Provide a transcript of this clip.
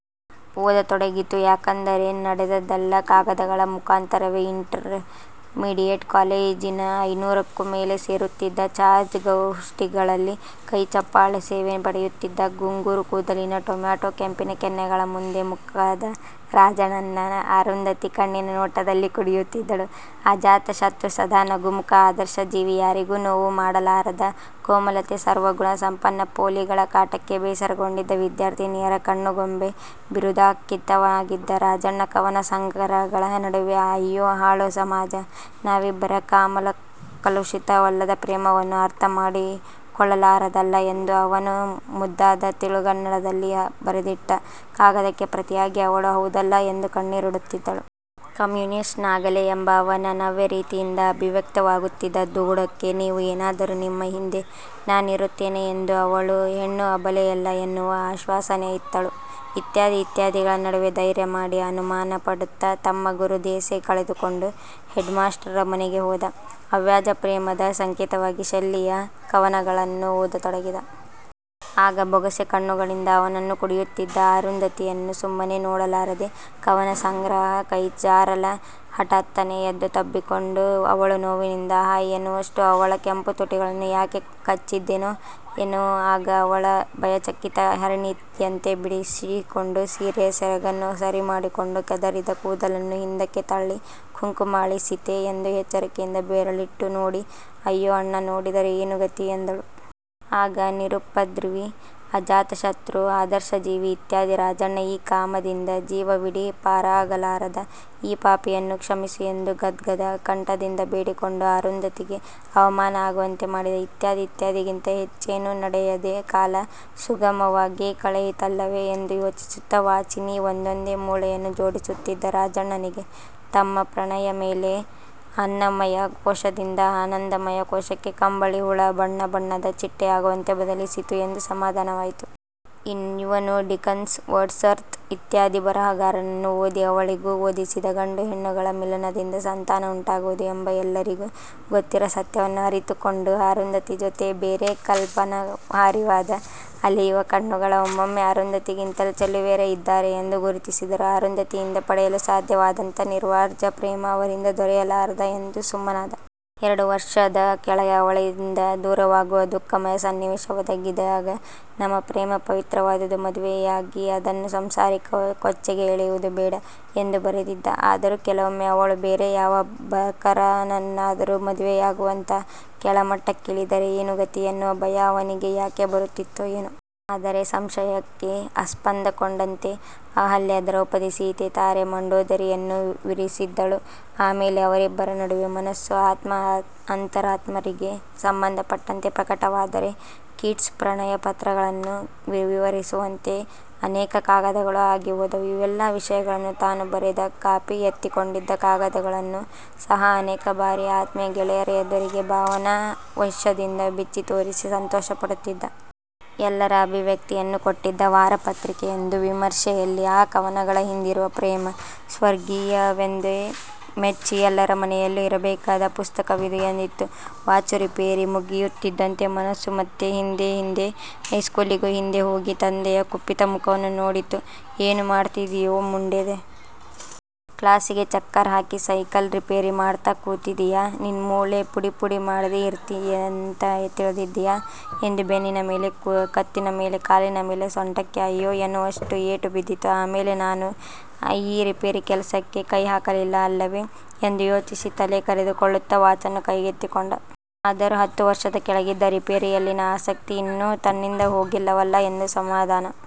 ಓದತೊಡಗಿತು ಯಾಕೆಂದರೆ ನಡೆದದ್ದೆಲ್ಲ ಕಾಗದಗಳ ಮುಖಾಂತರವೆ. ಇಂಟರ್ ಮೀಡಿಯೆಟ್ ಕಾಲೇಜಿನ ಐನೂರಕ್ಕೂ ಮೇಲೆ ಸೇರುತ್ತಿದ್ದ ಚರ್ಚಾ ಗೋಷ್ಠಿಗಳಲ್ಲಿ ಕೈಚಪ್ಪಾಳೆ ಸೇವೆ ಪಡೆಯುತ್ತಿದ್ದ ಗುಂಗುರುಕೂದಲಿನ ಟೊಮ್ಯಾಟೋ ಕೆಂಪಿನ ಕೆನ್ನೆಗಳ ಮುದ್ದು ಮುಖದ ರಾಜಣ್ಣನನ್ನು ಅರುಂಧತಿ ಕಣ್ಣಿನ ನೋಟದಲ್ಲಿ ಕುಡಿಯುತ್ತಿದ್ದಳು. ಅಜಾತಶತ್ರು ಸದಾ ನಗುಮುಖ ಆದರ್ಶ ಜೀವಿ ಯಾರಿಗೂ ನೋವು ಮಾಡಲಾರದ ಕೋಮಲತೆ ಸರ್ವಗುಣ ಸಂಪನ್ನ ಪೋಲಿಗಳ ಕಾಟಕ್ಕೆ ಬೇಸರಗೊಂಡಿದ್ದ ವಿದ್ಯಾರ್ಥಿನಿಯರ ಕಣ್ಣುಗೊಂಬೆ – ಬಿರುದಾಂಕಿತನಾಗಿದ್ದ ರಾಜಣ್ಣ ಕವನ ಸಂಗ್ರಹಗಳ ನಡುವೆ 'ಅಯ್ಯೋ ಹಾಳು ಸಮಾಜ ನಮ್ಮಿಬ್ಬರ ಕಾಮಕಲುಷಿತವಲ್ಲದ ಪ್ರೇಮವನ್ನು ಅರ್ಥಮಾಡಿಕೊಳ್ಳಲಾರದಲ್ಲ' ಎಂದು ಅವನ ಮುದ್ದಾದ ತಿಳಿಗನ್ನಡದಲ್ಲಿ ಬರೆದಿಟ್ಟ ಕಾಗದಕ್ಕೆ ಪ್ರತಿಯಾಗಿ ಅವಳು 'ಹೌದಲ್ಲಾ' ಎಂದು ಕಣ್ಣೀರಿಡುತ್ತಿದ್ದಳು. 'ಕಮ್ಯೂನಿಸ್ಟ್' ನಾಗಲೇ ಎಂಬ ಅವನ ನವ್ಯರೀತಿಯಿಂದ ಅಭಿವ್ಯಕ್ತವಾಗುತ್ತಿದ್ದ ದುಗುಡಕ್ಕೆ "ನೀವು ಏನಾದರೂ ನಿಮ್ಮ ಹಿಂದೆ ನಾನಿರುತ್ತೇನೆ" ಎಂದುಅ ವಳು ಹೆಣ್ಣು ಅಬಲೆಯಲ್ಲ ಎನ್ನುವ ಆಶ್ವಾಸನೆಯಿತ್ತಳು. ಇತ್ಯಾದಿ ಇತ್ಯಾದಿಗಳ ನಡುವೆ ಧೈರ್ಯ ಮಾಡಿ ಅನುಮಾನ ಪಡುತ್ತ ತಮ್ಮ ಗುರುದೆಸೆ ಕಳೆದುಕೊಂಡು ಹೆಡ್ಮಾಸ್ಟರರ ಮನೆಗೆ ಹೋದ. ಅವ್ಯಾಜಪ್ರೇಮದ ಸಂಕೇತವಾಗಿ ಶೆಲ್ಲಿಯ ಕವನಗಳನ್ನು ಓದತೊಡಗಿದ. ಆಗ ಬೊಗಸೆ ಕಣ್ಣುಗಳಿಂದ ಅವನನ್ನು ಕುಡಿಯುತ್ತಿದ್ದ ಅರುಂಧತಿಯನ್ನು ಸುಮ್ಮನೆ ನೋಡಲಾರದೆ ಕವನಸಂಗ್ರಹ ಕೈಜಾರಲು ಹಠಾತ್ತನೆ ಎದ್ದು ತಬ್ಬಿಕೊಂಡು ಅವಳು ನೋವಿನಿಂದ 'ಹಾಯ್' ಎನ್ನುವಷ್ಟು ಅವಳ ಕೆಂಪು ತುಟಿಗಳನ್ನು ಯಾಕೆ ಕಚ್ಚಿದೆನೋ ಏನೋ ಆಗ ಅವಳು ಭಯಚಕಿತ ಹರಿಣಿಯಂತೆ ಬಿಡಿಸಿಕೊಂಡು ಸೀರೆಯ ಸೆರಗನ್ನು ಸರಿಮಾಡಿಕೊಂಡು, ಕೆದರಿದ ಕೂದಲನ್ನು ಹಿಂದಕ್ಕೆ ತಳ್ಳಿ, ಕುಂಕುಮ ಅಳಿಸಿತೇ ಎಂದು ಎಚ್ಚರಿಕೆಯಿಂದ ಬೆರಳಿಟ್ಟು ನೋಡಿ 'ಅಯ್ಯೋ ಅಣ್ಣ ನೋಡಿದರೆ ಏನು ಗತಿ' ಎಂದಳು. ಆಗ ನಿರುಪದ್ರವಿ, ಅಜಾತಶತ್ರು, ಆದರ್ಶಜೀವಿ ಇತ್ಯಾದಿ ರಾಜಣ್ಣ 'ಈ ಕಾಮದಿಂದ ಜೀವವಿಡೀ ಪಾರಾಗಲಾರದ ಈ ಪಾಪಿಯನ್ನು ಕ್ಷಮಿಸು' ಎಂದು ಗದ್ಗದ ಕಂಠದಿಂದ ಬೇಡಿಕೊಂಡು ಅರುಂಧತಿಗೆ ಅವಮಾನ ಆಗುವಂತೆ ಮಾಡಿದ. ಇತ್ಯಾದಿ ಇತ್ಯಾದಿಗಿಂತ ಹೆಚ್ಚೇನೂ ನಡೆಯದೆ ಕಾಲ ಸುಗಮವಾಗಿ ಕಳೆಯಿತಲ್ಲವೆ? ಎಂದು ಯೋಚಿಸುತ್ತ ವಾಚಿನ ಒಂದೊಂದೇ ಮೂಳೆಯನ್ನು ಜೋಡಿಸುತ್ತಿದ್ದ ರಾಜಣ್ಣನಿಗೆ ತಮ್ಮ ಪ್ರಣಯ ಆಮೇಲೆ ಅನ್ನಮಯ ಕೋಶದಿಂದ ಆನಂದಮಯ ಕೋಶಕ್ಕೆ ಕಂಬಳಿ ಹುಳ ಬಣ್ಣ ಬಣ್ಣದ ಚಿಟ್ಟೆಯಾಗುವಂತೆ ಬದಲಿಸಿತು ಎಂದು ಸಮಾಧಾನವಾಯಿತು. ಇವನು ಡಿಕನ್ಸ್, ವರ್ಡ್ಸ್ವರ್ತ್ ಇತ್ಯಾದಿ ಬರಹಗಾರರನ್ನು ಓದಿ ಅವಳಿಗೂ ಓದಿಸಿದ. ಗಂಡು ಹೆಣ್ಣುಗಳ ಮಿಲನದಿಂದ ಸಂತಾನ ಉಂಟಾಗುವುದು ಎಂಬ ಎಲ್ಲರಿಗೂ ಗೊತ್ತಿರುವ ಸತ್ಯವನ್ನು ಅರಿತುಕೊಂಡು ಅರುಂಧತಿಯ ಜೊತೆ ಬರೆ ಕಲ್ಪನಾವಿಹಾರಿಯಾದ. ಅಲೆಯುವ ಕಣ್ಣುಗಳು ಒಮ್ಮೊಮ್ಮೆ ಅರುಂಧತಿಗಿಂತಲೂ ಚೆಲುವೆಯರು ಇದ್ದಾರೆ ಎಂದು ಗುರುಸಿದರೂ ಅರುಂಧತಿಯಿಂದ ಪಡೆಯಲು ಸಾಧ್ಯವಾದಂತಹ ನಿರ್ವ್ಯಾಜ ಪ್ರೇಮ ಅವರಿಂದ ದೊರೆಯಲಾರದು ಎಂದು ಸುಮ್ಮನಾದ. ಎರಡು ವರ್ಷದ ಕೆಳಗೆ ಅವಳಿಂದ ದೂರವಾಗುವ ದುಃಖಮಯ ಸನ್ನಿವೇಶ ಒದಗಿದಾಗ "ನಮ್ಮ ಪ್ರೇಮ ಪವಿತ್ರವಾದುದು. ಮದುವೆಯಾಗಿ ಅದನ್ನು ಸಾಂಸಾರಿಕ ಕೊಚ್ಚೆಗೆ ಎಳೆಯುವುದು ಬೇಡ" ಎಂದು ಬರೆದಿದ್ದ. ಆದರೂ ಕೆಲವೊಮ್ಮೆ ಅವಳು ಬೇರೆ ಯಾವ ಬಕರನನ್ನಾದರೂ ಮದುವೆಯಾಗುವಂತಹ ಕೆಳಮಟ್ಟಕ್ಕಿಳಿದರೆ ಏನು ಗತಿ ಎನ್ನುವ ಭಯ ಅವನಿಗೆ ಯಾಕೆ ಬರುತ್ತಿತ್ತೊ ಏನೊ. ಆದರೆ ಸಂಶಯಕ್ಕೆ ಅಸ್ಪದಕೊಡದಂತೆ ಅಹಲ್ಯೆ, ದ್ರೌಪದಿ, ಸೀತೆ, ತಾರೆ, ಮಂಡೋದರಿಯನ್ನು ಮೀರಿಸಿದ್ದಳು. ಆಮೇಲೆ ಅವರಿಬ್ಬರ ನಡುವೆ ಮನಸ್ಸು ಆತ್ಮ ಅಂತರಾತ್ಮರಿಗೆ ಸಂಬಂಧ ಪಟ್ಟಂತೆ ಪ್ರಕಟವಾದರೆ ಕೀಟ್ಸ್ನ ಪ್ರಣಯಪತ್ರಗಳನ್ನೂ ಮೀರಿಸುವಂತಹ ಅನೇಕ ಕಾಗದಗಳು ಆಗಿಹೋದವು, ಇವೆಲ್ಲ ವಿಷಯಗಳನ್ನೂ ತಾನು ಬರೆದು ಕಾಪಿ ಎತ್ತಿಕೊಂಡಿದ್ದ ಕಾಗದಗಳನ್ನೂ ಸಹ ಅನೇಕ ಬಾರಿ ಆತ್ಮೀಯ ಗೆಳೆಯರ ಎದುರಿಗೆ ಭಾವನಾ ವೇಶದಿಂದ ಬಿಚ್ಚಿತೋರಿಸಿ ಸಂತೋಷಪಡುತ್ತಿದ್ದ. ಎಲ್ಲರ ಅಭಿವ್ಯಕ್ತಿಯನ್ನು ಕೊಟ್ಟಿದ್ದ. ವಾರಪತ್ರಿಕೆಯೊಂದು ವಿಮರ್ಶೆಯಲ್ಲಿ ಆ ಕವನಗಳ ಹಿಂದಿರುವ ಪ್ರೇಮ ಸ್ವರ್ಗೀಯವೆಂದು ಮೆಚ್ಚಿ ಎಲ್ಲರ ಮನೆಯಲ್ಲೂ ಇರಬೇಕಾದ ಪುಸ್ತಕವಿದು ಎಂದಿತ್ತು. ವಾಚು ರಿಪೇರಿ ಮುಗಿಯುತ್ತಿದ್ದಂತೆ ಮನಸ್ಸು ಮತ್ತೆ ಹಿಂದೆ ಹಿಂದೆ ಹೈಸ್ಕೂಲಿಗೂ ಹಿಂದೆ ಹೋಗಿ ತಂದೆಯ ಕುಪಿತ ಮುಖವನ್ನು ನೋಡಿತು. "ಏನು ಮಾಡ್ತಿದಿಯೋ ಮುಂಡೇದೆ. ಕ್ಲಾಸಿಗೆ ಚಕ್ಕರ್ ಹಾಕಿ ಸೈಕಲ್ ರಿಪೇರಿ ಮಾಡ್ತ ಕೂತಿದೀಯಾ – ನಿನ್ನ ಮೂಳೆ ಪುಡಿಪುಡಿ ಮಾಡ್ದೆ ಇರ್ತೀನೀಂತ ತಿಳ್ದಿದಿಯಾ" ಎಂದು ಬೆನ್ನಿನ ಮೇಲೆ ಕತ್ತಿನ ಮೇಲೆ ಕಾಲಿನ ಮೇಲೆ ಸೊಂಟಕ್ಕೆ 'ಅಯ್ಯೊ' ಎನ್ನುವಷ್ಟು ಏಟು ಬಿದ್ದಿತು. ಆಮೇಲೆ ನಾನು ಈ ರಿಪೇರಿ ಕೆಲಸಕ್ಕೆ ಕೈಹಾಕಲಿಲ್ಲ ಅಲ್ಲವೇ ಎಂದು ಯೋಚಿಸಿ ತಲೆ ಕರೆದುಕೊಳ್ಳುತ್ತ ವಾಚನ್ನು ಕೈಗೆತ್ತಿಕೊಂಡ. ಆದರೂ ಹತ್ತು ವರ್ಷದ ಕೆಳಗಿದ್ದ ರಿಪೇರಿಯಲ್ಲಿನ ಆಸಕ್ತಿ ಇನ್ನೂ ತನ್ನಿಂದ ಹೋಗಿಲ್ಲವಲ್ಲ ಎಂದು ಸಮಾಧನ